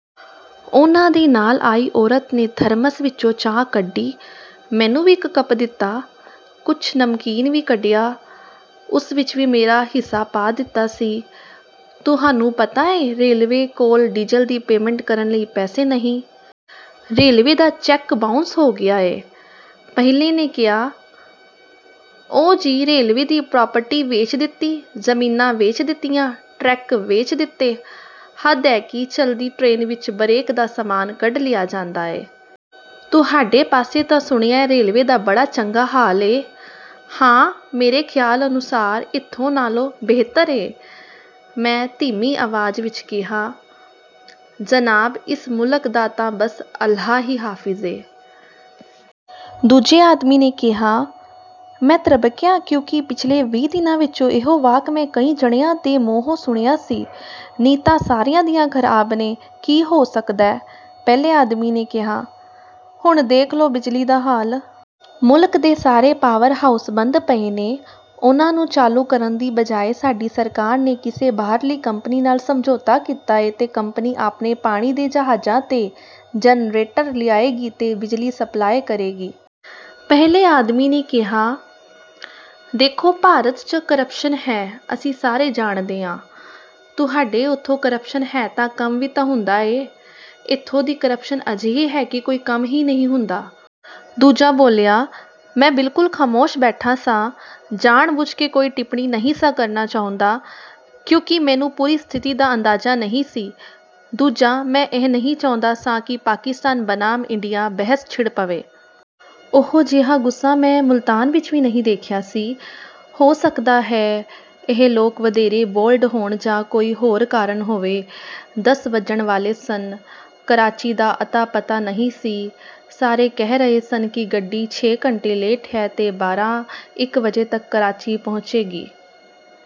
ਉਹਨਾਂ ਦੇ ਨਾਲ ਆਈ ਔਰਤ ਨੇ ਥਰਮਸ ਵਿਚੋਂ ਚਾਹ ਕੱਢੀ। ਮੈਨੂੰ ਵੀ ਇੱਕ ਕੱਪ ਦਿੱਤਾ। ਕੁਝ ਨਮਕੀਨ ਵੀ ਕੱਢਿਆ। ਉਸ ਵਿੱਚ ਵੀ ਮੇਰਾ ਹਿੱਸਾ ਪਾ ਦਿੱਤਾ ਸੀ। "ਤੁਹਾਨੂੰ ਪਤਾ ਏ... ਰੇਲਵੇ ਕੋਲ ਡੀਜ਼ਲ ਦੀ ਪੇਮੈਂਟ ਕਰਨ ਲਈ ਪੈਸੇ ਨਹੀਂ... ਰੇਲਵੇ ਦਾ ਚੈੱਕ ਬਾਊਂਸ ਹੋ ਗਿਆ ਏ।" ਪਹਿਲੇ ਨੇ ਕਿਹਾ। "ਓ ਜੀ, ਰੇਲਵੇ ਦੀ ਪ੍ਰਾਪਰਟੀ ਵੇਚ ਦਿੱਤੀ, ਜ਼ਮੀਨਾਂ ਵੇਚ ਦਿੱਤੀਆਂ... ਟਰੈਕ ਵੇਚ ਦਿੱਤੇ।" "ਹੱਦ ਐ ਕਿ ਚੱਲਦੀ ਟਰੇਨ ਵਿੱਚੋਂ ਬਰੇਕ ਦਾ ਸਾਮਾਨ ਕੱਢ ਲਿਆ ਜਾਂਦਾ ਏ।" "ਤੁਹਾਡੇ ਪਾਸੇ ਤਾਂ ਸੁਣਿਆ ਏ ਰੇਲਵੇ ਦਾ ਬੜਾ ਚੰਗਾ ਹਾਲ ਏ।" "ਹਾਂ... ਮੇਰੇ ਖ਼ਿਆਲ ਅਨੁਸਾਰ... ਇੱਥੋਂ ਨਾਲੋਂ ਬਿਹਤਰ ਏ।" ਮੈਂ ਧੀਮੀ ਆਵਾਜ਼ ਵਿੱਚ ਕਿਹਾ। "ਜਨਾਬ, ਇਸ ਮੁਲਕ ਦਾ ਤਾਂ ਬਸ ਅੱਲਾਹ ਹੀ ਹਾਫ਼ਿਜ਼ ਏ।" ਦੂਜੇ ਆਦਮੀ ਨੇ ਕਿਹਾ। ਮੈਂ ਤ੍ਰਬਕਿਆ ਕਿਉਂਕਿ ਪਿਛਲੇ ਵੀਹ ਦਿਨਾਂ ਵਿੱਚ ਇਹੋ ਵਾਕ ਮੈਂ ਕਈ ਜਣਿਆਂ ਦੇ ਮੂੰਹੋਂ ਸੁਣਿਆ ਸੀ। "ਨੀਅਤਾਂ ਸਾਰਿਆਂ ਦੀਆਂ ਖ਼ਰਾਬ ਨੇ... ਕੀ ਹੋ ਸਕਦੈ।" ਪਹਿਲੇ ਆਦਮੀ ਨੇ ਕਿਹਾ-- "ਹੁਣ ਦੇਖ ਲਓ ਬਿਜਲੀ ਦਾ ਹਾਲ... ਮੁਲਕ ਦੇ ਸਾਰੇ ਪਾਵਰ ਹਾਊਸ ਬੰਦ ਪਏ ਨੇ। ਉਹਨਾਂ ਨੂੰ ਚਾਲੂ ਕਰਨ ਦੀ ਬਜਾਏ ਸਾਡੀ ਸਰਕਾਰ ਨੇ ਕਿਸੇ ਬਾਹਰਲੀ ਕੰਪਨੀ ਨਾਲ ਸਮਝੌਤਾ ਕੀਤਾ ਏ ਤੇ ਕੰਪਨੀ ਆਪਣੇ ਪਾਣੀ ਦੇ ਜਹਾਜ਼ਾਂ 'ਤੇ ਜਨਰੇਟਰ ਲਿਆਏਗੀ ਤੇ ਬਿਜਲੀ ਸਪਲਾਈ ਕਰੇਗੀ।" ਪਹਿਲੇ ਆਦਮੀ ਨੇ ਕਿਹਾ। "ਦੇਖੋ... ਭਾਰਤ 'ਚ ਕਰਪਸ਼ਨ ਹੈ... ਅਸੀਂ ਸਾਰੇ ਜਾਣਦੇ ਆਂ... ਤੁਹਾਡੇ ਉੱਥੇ ਕਰਪਸ਼ਨ ਹੈ ਤਾਂ ਕੰਮ ਵੀ ਤਾਂ ਹੁੰਦਾ ਏ। ਇੱਥੋਂ ਦੀ ਕਰਪਸ਼ਨ ਅਜਿਹੀ ਹੈ ਕਿ ਕੋਈ ਕੰਮ ਈ ਨਹੀਂ ਹੁੰਦਾ।" ਦੂਜਾ ਬੋਲਿਆ। ਮੈਂ ਬਿਲਕੁਲ ਖ਼ਾਮੋਸ਼ ਬੈਠਾ ਸਾਂ। ਜਾਣ-ਬੁੱਝ ਕੇ ਕੋਈ ਟਿੱਪਣੀ ਨਹੀਂ ਸਾਂ ਕਰਨਾ ਚਾਹੁੰਦਾ, ਕਿਉਂਕਿ ਮੈਨੂੰ ਪੂਰੀ ਸਥਿਤੀ ਦਾ ਅੰਦਾਜ਼ਾ ਨਹੀਂ ਸੀ। ਦੂਜਾ, ਮੈਂ ਇਹ ਨਹੀਂ ਚਾਹੁੰਦਾ ਸਾਂ ਕਿ ਪਾਕਿਸਤਾਨ ਬਨਾਮ ਇੰਡੀਆ ਬਹਿਸ ਛਿੜ ਪਵੇ। ਓਹੋ ਜਿਹਾ ਗੁੱਸਾ ਮੈਂ ਮੁਲਤਾਨ ਵਿੱਚ ਵੀ ਨਹੀਂ ਦੇਖਿਆ ਸੀ। ਹੋ ਸਕਦਾ ਹੈ, ਇਹ ਲੋਕ ਵਧੇਰੇ 'ਬੋਲਡ' ਹੋਣ ਜਾਂ ਕੋਈ ਹੋਰ ਕਾਰਨ ਹੋਵੇ। ਦਸ ਵੱਜਣ ਵਾਲੇ ਸਨ। ਕਰਾਚੀ ਦਾ ਅਤਾ-ਪਤਾ ਨਹੀਂ ਸੀ। ਸਾਰੇ ਕਹਿ ਰਹੇ ਸਨ ਕਿ ਗੱਡੀ ਛੇ ਘੰਟੇ ਲੇਟ ਹੈ ਤੇ ਬਾਰਾਂ, ਇੱਕ ਵਜੇ ਤੱਕ ਕਰਾਚੀ ਪਹੁੰਚੇਗੀ।